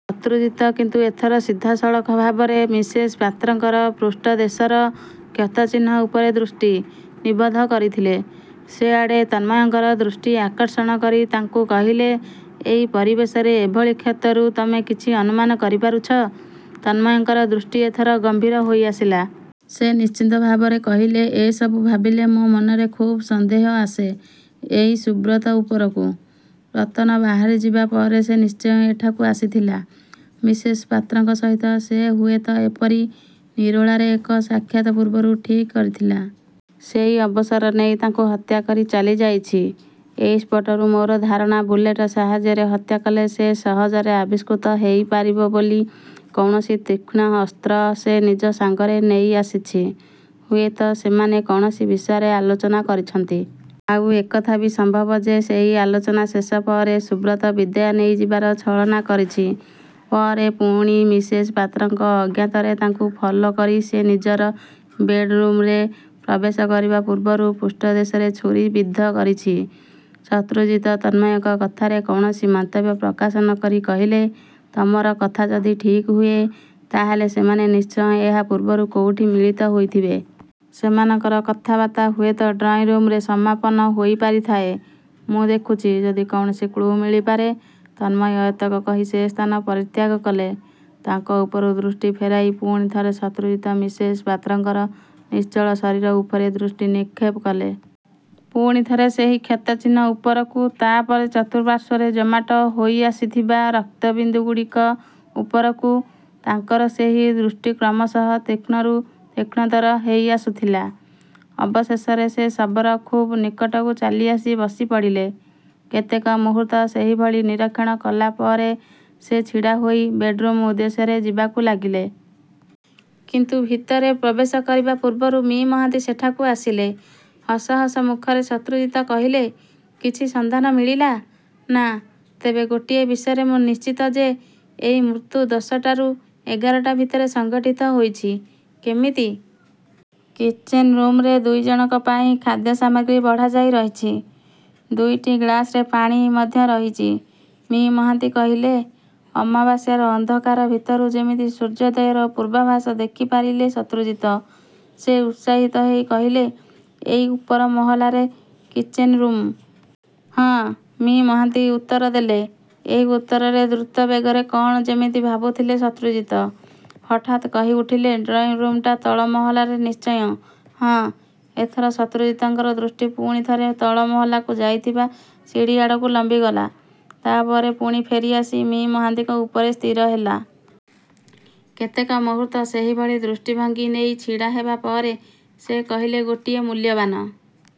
' ଶତ୍ରୁଜିତ କିନ୍ତୁ ଏଥର ସିଧାସଳଖ ଭାବରେ ମିସେସ୍ ପାତ୍ରଙ୍କର ପୃଷ୍ଠଦେଶର କ୍ଷତ ଚିହ୍ନ ଉପରେ ଦୃଷ୍ଟି। ନିବଦ୍ଧ କରିଥିଲେ। ସେଆଡ଼େ ତନ୍ମୟଙ୍କର ଦୃଷ୍ଟି ଆକର୍ଷଣ କରି ତାଙ୍କୁ କହିଲେ, 'ଏଇ ପରିବେଶରେ ଏଭଳି କ୍ଷତରୁ ତମେ କିଛି ଅନୁମାନ କରିପାରୁଛ? ' ତନ୍ମୟଙ୍କର ଦୃଷ୍ଟି ଏଥର ଗମ୍ଭୀର ହୋଇଆସିଲା। ସେ ଚିନ୍ତିତ ଭାବରେ କହିଲେ, 'ଏ ସବୁ ଭାବିଲେ ମୋ ମନରେ ଖୁବ୍ ସନ୍ଦେହ ଆସେ ଏଇ ସୁବ୍ରତ ଉପରକୁ। ରତନ ବାହାରିଯିବା ପରେ ସେ ନିଶ୍ଚୟ ଏଠାକୁ ଆସିଥିଲା। ମିସେସ୍ ପାତ୍ରଙ୍କ ସହିତ ସେ ହୁଏତ ଏପରି ନିରୋଳାରେ ଏକ ସାକ୍ଷାତ ପୂର୍ବରୁ ଠିକ୍ କରିଥିଲା। ସେଇ ଅବସର ନେଇ ତାଙ୍କୁ ହତ୍ୟା କରି ଚାଲିଯାଇଛି। ଏଇ ସ୍ପଟରୁ ମୋର ଧାରଣା, ବୁଲେଟ୍ ସାହାଯ୍ୟରେ ହତ୍ୟା କଲେ ସେ ସହଜରେ ଆବିଷ୍କୃତ ହେଇପାରିବ ବୋଲି କୌଣସି ତୀକ୍ଷ୍ଣ ଅସ୍ତ୍ର ସେ ନିଜ ସାଙ୍ଗରେ ନେଇଆସିଛି। ହୁଏତ ସେମାନେ କୌଣସି ବିଷୟରେ ଆଲୋଚନା କରିଛନ୍ତି। ଆଉ ଏକଥାବି ସମ୍ଭବ ଯେ ସେଇ ଆଲୋଚନା ଶେଷ ପରେ ସୁବ୍ରତ ବିଦାୟ ନେଇଯିବାର ଛଳନା କରିଛି। ପରେ ପୁଣି ମିସେସ୍ ପାତ୍ରଙ୍କ ଅଜ୍ଞାତରେ ତାଙ୍କୁ ଫଲୋ କରି ସେ ନିଜର ବେଡ୍ ରୁମ୍ରେ ପ୍ରବେଶ କରିବା ପୂର୍ବରୁ ପୃଷ୍ଟଦେଶରେ ଛୁରୀ ବିଦ୍ଧ କରିଛି। ' ଶତ୍ରୁଜିତ ତନ୍ମୟଙ୍କ କଥାରେ କୌଣସି ମନ୍ତବ୍ୟ ପ୍ରକାଶ ନକରି କହିଲେ, 'ତମର କଥା ଯଦି ଠିକ୍ ହୁଏ, ତା'ହେଲେ ସେମାନେ ନିଶ୍ଚୟ ଏହା ପୂର୍ବରୁ କୋଉଠି ମିଳିତ ହୋଇଥିବେ। ସେମାନଙ୍କର କଥାବାର୍ତ୍ତା ହୁଏତ ଡ୍ରଇଂ ରୁମ୍ରେ ସମାପନ ହୋଇପାରିଥାଏ। ' 'ମୁଁ ଦେଖୁଛି ଯଦି କୌଣସି କ୍ଲୁ ମିଳିପାରେ ' ତନ୍ମୟ ଏତକ କହି ସେ ସ୍ଥାନ ପରିତ୍ୟାଗ କଲେ। ତାଙ୍କ ଉପରୁ ଦୃଷ୍ଟି ଫେରାଇ ପୁଣି ଥରେ ଶତ୍ରୁଜିତ ମିସେସ୍ ପାତ୍ରଙ୍କର ନିଶ୍ଚଳ ଶରୀର ଉପରେ ଦୃଷ୍ଟି ନିକ୍ଷେପ କଲେ। ପୁଣି ଥରେ ସେଇ କ୍ଷତଚିହ୍ନ ଉପରକୁ, ତା'ପରେ ଚତୁଃପାର୍ଶ୍ୱରେ ଜମାଟ ହୋଇଆସିଥିବା ରକ୍ତବିନ୍ଦୁଗୁଡ଼ିକ ଉପରକୁ। ତାଙ୍କର ସେଇ ଦୃଷ୍ଟି କ୍ରମଶଃ ତୀକ୍ଷ୍ଣରୁ ତୀକ୍ଷ୍ଣତର ହେଇଆସୁଥିଲା। ଅବଶେଷରେ ସେ ଶବର ଖୁବ୍ ନିକଟକୁ ଚାଲିଆସି ବସିପଡ଼ିଲେ। କେତେକ ମୁହୂର୍ତ୍ତ ସେଇଭଳି ନିରୀକ୍ଷଣ କଲା ପରେ ସେ ଛିଡ଼ା ହୋଇ ବେଡ୍ରୁମ୍ ଉଦ୍ଦେଶ୍ୟରେ ଯିବାକୁ ଲାଗିଲେ। କିନ୍ତୁ ଭିତରେ ପ୍ରବେଶ କରିବା ପୂର୍ବରୁ ମି: ମହାନ୍ତି ସେଠାକୁ ଆସିଲେ। ହସହସ ମୁଖରେ ଶତ୍ରୁଜିତ କହିଲେ, 'କିଛି ସନ୍ଧାନ ମିଳିଲା? ' 'ନା, ତେବେ ଗୋଟିଏ ବିଷୟରେ ମୁଁ ନିଶ୍ଚିତ ଯେ ଏଇ ମୃତ୍ୟୁ ଦଶଟାରୁ ଏଗାରଟା ଭିତରେ ସଙ୍ଘଠିତ ହୋଇଛି। ' 'କେମିତି? ' 'କିଚେନ୍ ରୁମ୍ରେ ଦୁଇଜଣଙ୍କ ପାଇଁ ଖାଦ୍ୟସାମଗ୍ରୀ ବଢ଼ାଯାଇ ରହିଛି। ଦୁଇଟି ଗ୍ଲାସ୍ରେ ପାଣି ମଧ୍ୟ ରହିଚି। ' ମି: ମହାନ୍ତି କହିଲେ। ଅମାବାସ୍ୟାର ଅନ୍ଧକାର ଭିତରୁ ଯେମିତି ସୂର୍ଯ୍ୟୋଦୟର ପୂର୍ବାଭାସ ଦେଖିପାରିଲେ ଶତ୍ରୁଜିତ। ସେ ଉତ୍ସାହିତ ହେଇ କହିଲେ, 'ଏଇ ଉପର ମହଲାରେ କିଚେନ୍ ରୁମ୍? ' 'ହଁ', ମି: ମହାନ୍ତି ଉତ୍ତର ଦେଲେ। 'ଏଇ ଉତ୍ତରରେ ଦ୍ରୁତବେଗରେ କ'ଣ ଯେମିତି ଭାବୁଥିଲେ ଶତ୍ରୁଜିତ। ହଠାତ୍ କହିଉଠିଲେ, 'ଡ୍ରଇଂରୁମ୍ଟା ତଳମହଲାରେ ନିଶ୍ଚୟ? ' 'ହଁ' ଏଥର ଶତ୍ରୁଜିତଙ୍କର ଦୃଷ୍ଟି ପୁଣି ଥରେ ତଳମହଲାକୁ ଯାଇଥିବା ସିଡ଼ି ଆଡ଼କୁ ଲମ୍ବିଗଲା-। ତା'ପରେ ପୁଣି ଫେରି ଆସି, ମି: ମହାନ୍ତିଙ୍କ ଉପରେ ସ୍ଥିର ହେଲା। କେତେକ ମୁହୂର୍ତ୍ତ ସେହିଭଳି ଦୃଷ୍ଟିଭଙ୍ଗୀ ନେଇ ଛିଡ଼ା ହେବା ପରେ, ସେ କହିଲେ, 'ଗୋଟିଏ ମୂଲ୍ୟବାନ